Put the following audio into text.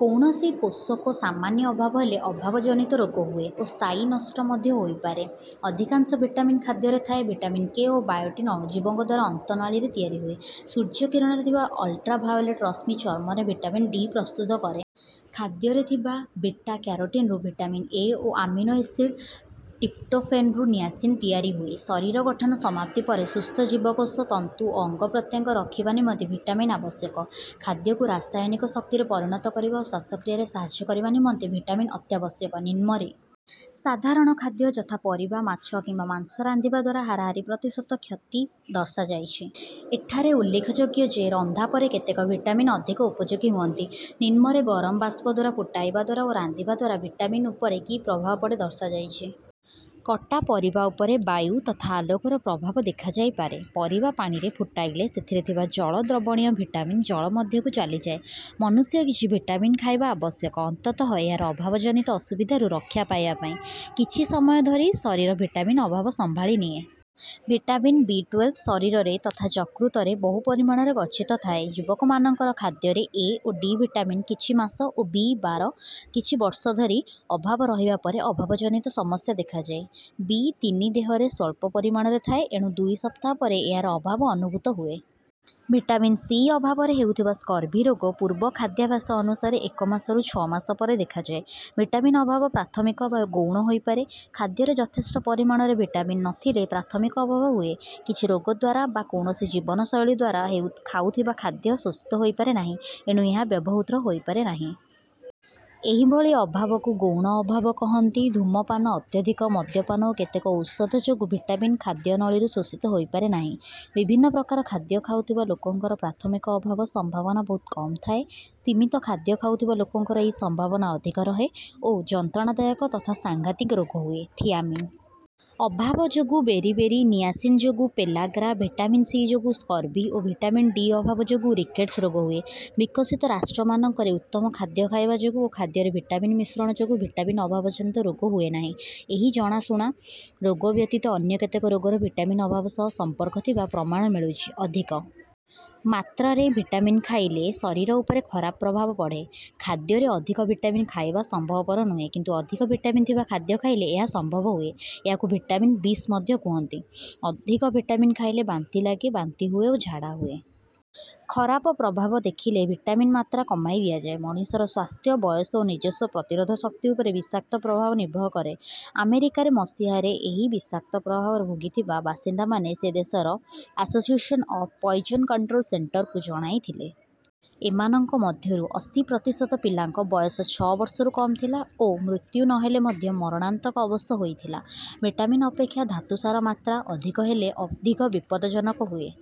କୌଣସି ପୋଷକ ସାମାନ୍ୟ ଅଭାବ ହେଲେ ଅଭାବଜନିତ ରୋଗ ହୁଏ ଓ ସ୍ଥାୟୀ ନଷ୍ଟ ମଧ୍ୟ ହୋଇପାରେ। ଅଧିକାଂଶ ଭିଟାମିନ୍ ଖାଦ୍ୟରେ ଥାଏ। ଭିଟାମିନ୍-କେ ଓ ବାୟୋଟିନ୍ ଅଣୁଜୀବଙ୍କ ଦ୍ୱାରା ଅନ୍ତନାଳୀରେ ତିଆରି ହୁଏ। ସୂର୍ଯ୍ୟକିରଣରେ ଥିବା ଅଲ୍ଟ୍ରାଭାୟୋଲେଟ୍ ରଶ୍ମି ଚର୍ମରେ ଭିଟାମିନ୍-ଡି ପ୍ରସ୍ତୁତ କରେ। ଖାଦ୍ୟରେ ଥିବା ବିଟା-କ୍ୟାରୋଟିନ୍‌ରୁ ଭିଟାମିନ୍-ଏ ଓ ଆମିନୋ ଏସିଡ୍ ଟ୍ରିପ୍ଟୋଫେନ୍‌ରୁ ନିଆସିନ୍ ତିଆରି ହୁଏ। ଶରୀର ଗଠନ ସମାପ୍ତି ପରେ ସୁସ୍ଥ ଜୀବକୋଷ, ତନ୍ତୁ ଓ ଅଙ୍ଗପ୍ରତ୍ୟଙ୍ଗ ରଖିବା ନିମନ୍ତେ ଭିଟାମିନ୍ ଆବଶ୍ୟକ। ଖାଦ୍ୟକୁ ରାସାୟନିକ ଶକ୍ତିରେ ପରିଣତ କରିବା ଓ ଶ୍ୱାସକ୍ରିୟାରେ ସାହାଯ୍ୟ କରିବା ନିମନ୍ତେ ଭିଟାମିନ୍ ଅତ୍ୟାବଶ୍ୟକ। ନିମ୍ନରେ ସାଧାରଣ ଖାଦ୍ୟ, ଯଥା: ପରିବା, ମାଛ କିମ୍ବା ମାଂସ ରାନ୍ଧିବା ଦ୍ୱାରା ହାରାହାରି ପ୍ରତିଶତ କ୍ଷତି ଦର୍ଶାଯାଇଛି। ଏଠାରେ ଉଲ୍ଲେଖଯୋଗ୍ୟ ଯେ, ରନ୍ଧା ପରେ କେତେକ ଭିଟାମିନ୍ ଅଧିକ ଉପଯୋଗୀ ହୁଅନ୍ତି। ନିମ୍ନରେ ଗରମ ବାଷ୍ପ ଦ୍ୱାରା, ଫୁଟାଇବା ଦ୍ୱାରା ଓ ରାନ୍ଧିବା ଦ୍ୱାରା ଭିଟାମିନ୍ ଉପରେ କି ପ୍ରଭାବ ପଡ଼େ ଦର୍ଶାଯାଇଛି। କଟା ପରିବା ଉପରେ ବାୟୁ ତଥା ଆଲୋକର ପ୍ରଭାବ ଦେଖାଯାଇପାରେ। ପରିବା ପାଣିରେ ଫୁଟାଇଲେ ସେଥିରେ ଥିବା ଜଳ-ଦ୍ରବଣୀୟ ଭିଟାମିନ୍ ଜଳ ମଧ୍ୟକୁ ଚାଲିଯାଏ। ମନୁଷ୍ୟ କିଛି ଭିଟାମିନ୍ ଖାଇବା ଆବଶ୍ୟକ, ଅନ୍ତତଃ ଏହାର ଅଭାବଜନିତ ଅସୁବିଧାରୁ ରକ୍ଷା ପାଇବା ପାଇଁ। କିଛି ସମୟ ଧରି ଶରୀର ଭିଟାମିନ୍ ଅଭାବ ସମ୍ଭାଳି ନିଏ। ଭିଟାମିନ୍- ବି ଟୁଏଲ୍ଭ ଶରୀରରେ ତଥା ଯକୃତରେ ବହୁ ପରିମାଣରେ ଗଚ୍ଛିତ ଥାଏ। ଯୁବକମାନଙ୍କର ଖାଦ୍ୟରେ ଏ ଓ ଡି ଭିଟାମିନ୍ କିଛି ମାସ ଓ ବି-ବାର କିଛି ବର୍ଷ ଧରି ଅଭାବ ରହିବା ପରେ ଅଭାବଜନିତ ସମସ୍ୟା ଦେଖାଯାଏ। ବି-ତିନି ଦେହରେ ସ୍ୱଳ୍ପ ପରିମାଣରେ ଥାଏ, ଏଣୁ ଦୁଇ ସପ୍ତାହ ପରେ ଏହାର ଅଭାବ ଅନୁଭୂତ ହୁଏ। ଭିଟାମିନ୍-ସି ଅଭାବରେ ହେଉଥିବା ସ୍କର୍ଭି ରୋଗ ପୂର୍ବ ଖାଦ୍ୟାଭ୍ୟାସ ଅନୁସାରେ ଏକ ମାସରୁ ଛଅ ମାସ ପରେ ଦେଖାଯାଏ। ଭିଟାମିନ୍ ଅଭାବ ପ୍ରାଥମିକ ବା ଗୌଣ ହୋଇପାରେ। ଖାଦ୍ୟରେ ଯଥେଷ୍ଟ ପରିମାଣରେ ଭିଟାମିନ୍ ନ ଥିଲେ ପ୍ରାଥମିକ ଅଭାବ ହୁଏ। କିଛି ରୋଗ ଦ୍ୱାରା ବା କୌଣସି ଜୀବନଶୈଳୀ ଦ୍ୱାରା ଖାଉଥିବା ଖାଦ୍ୟ ଶୋଷିତ ହୋଇପାରେ ନାହିଁ, ଏଣୁ ଏହା ବ୍ୟବହୃତ ହୋଇପାରେ ନାହିଁ। ଏହିଭଳି ଅଭାବକୁ ଗୌଣ ଅଭାବ କହନ୍ତି। ଧୂମପାନ, ଅତ୍ୟଧିକ ମଦ୍ୟପାନ ଓ କେତେକ ଔଷଧ ଯୋଗୁ ଭିଟାମିନ୍ ଖାଦ୍ୟନଳୀରୁ ଶୋଷିତ ହୋଇପାରେ ନାହିଁ। ବିଭିନ୍ନ ପ୍ରକାର ଖାଦ୍ୟ ଖାଉଥିବା ଲୋକଙ୍କର ପ୍ରାଥମିକ ଅଭାବ ସମ୍ଭାବନା ବହୁତ କମ୍ ଥାଏ। ସୀମିତ ଖାଦ୍ୟ ଖାଉଥିବା ଲୋକଙ୍କର ଏହି ସମ୍ଭାବନା ଅଧିକ ରହେ ଓ ଯନ୍ତ୍ରଣାଦାୟକ ତଥା ସାଂଘାତିକ ରୋଗ ହୁଏ। ଥିଆମିନ୍ ଅଭାବ ଯୋଗୁ ବେରି-ବେରି, ନିଆସିନ୍ ଯୋଗୁ ପେଲାଗ୍ରା, ଭିଟାମିନ୍-ସି ଯୋଗୁ ସ୍କର୍ଭି ଓ ଭିଟାମିନ୍-ଡି ଅଭାବ ଯୋଗୁ ରିକେଟ୍ସ ରୋଗ ହୁଏ। ବିକଶିତ ରାଷ୍ଟ୍ରମାନଙ୍କରେ ଉତ୍ତମ ଖାଦ୍ୟ ଖାଇବା ଯୋଗୁ ଓ ଖାଦ୍ୟରେ ଭିଟାମିନ୍ ମିଶ୍ରଣ ଯୋଗୁ ଭିଟାମିନ୍ ଅଭାବଜନିତ ରୋଗ ହୁଏ ନାହିଁ। ଏହି ଜଣାଶୁଣା ରୋଗ ବ୍ୟତୀତ ଅନ୍ୟ କେତେକ ରୋଗର ଭିଟାମିନ୍ ଅଭାବ ସହ ସମ୍ପର୍କ ଥିବା ପ୍ରମାଣ ମିଳୁଛି। ଅଧିକ ମାତ୍ରାରେ ଭିଟାମିନ୍ ଖାଇଲେ ଶରୀର ଉପରେ ଖରାପ ପ୍ରଭାବ ପଡ଼େ। ଖାଦ୍ୟରେ ଅଧିକ ଭିଟାମିନ୍ ଖାଇବା ସମ୍ଭବପର ନୁହେଁ, କିନ୍ତୁ ଅଧିକ ଭିଟାମିନ୍ ଥିବା ଖାଦ୍ୟ ଖାଇଲେ ଏହା ସମ୍ଭବ ହୁଏ। ଏହାକୁ ଭିଟାମିନ୍ ବିଷ ମଧ୍ୟ କହନ୍ତି। ଅଧିକ ଭିଟାମିନ୍ ଖାଇଲେ ବାନ୍ତି ଲାଗେ, ବାନ୍ତି ହୁଏ ଓ ଝାଡ଼ା ହୁଏ। ଖରାପ ପ୍ରଭାବ ଦେଖିଲେ ଭିଟାମିନ୍ ମାତ୍ରା କମାଇ ଦିଆଯାଏ। ମଣିଷର ସ୍ୱାସ୍ଥ୍ୟ, ବୟସ ଓ ନିଜସ୍ୱ ପ୍ରତିରୋଧ ଶକ୍ତି ଉପରେ ବିଷାକ୍ତ ପ୍ରଭାବ ନିର୍ଭର କରେ। ଆମେରିକାରେ ମସିହା ରେ ଏହି ବିଷାକ୍ତ ପ୍ରଭାବ ଭୋଗିଥିବା ବାସିନ୍ଦାମାନେ ସେ ଦେଶର ଆସୋସିଏସନ୍ ଅଫ୍ ପଏଜନ୍ କଣ୍ଟ୍ରୋଲ୍ ସେଣ୍ଟରକୁ ଜଣାଇଥିଲେ। ଏମାନଙ୍କ ମଧ୍ୟରୁ ଅଶୀ ପ୍ରତିଶତ ପିଲାଙ୍କ ବୟସ ଛଅ ବର୍ଷରୁ କମ୍ ଥିଲା ଓ ମୃତ୍ୟୁ ନ ହେଲେ ମଧ୍ୟ ମରଣାନ୍ତକ ଅବସ୍ଥା ହୋଇଥିଲା। ଭିଟାମିନ୍ ଅପେକ୍ଷା ଧାତୁସାର ମାତ୍ରା ଅଧିକ ହେଲେ ଅଧିକ ବିପଦଜନକ ହୁଏ।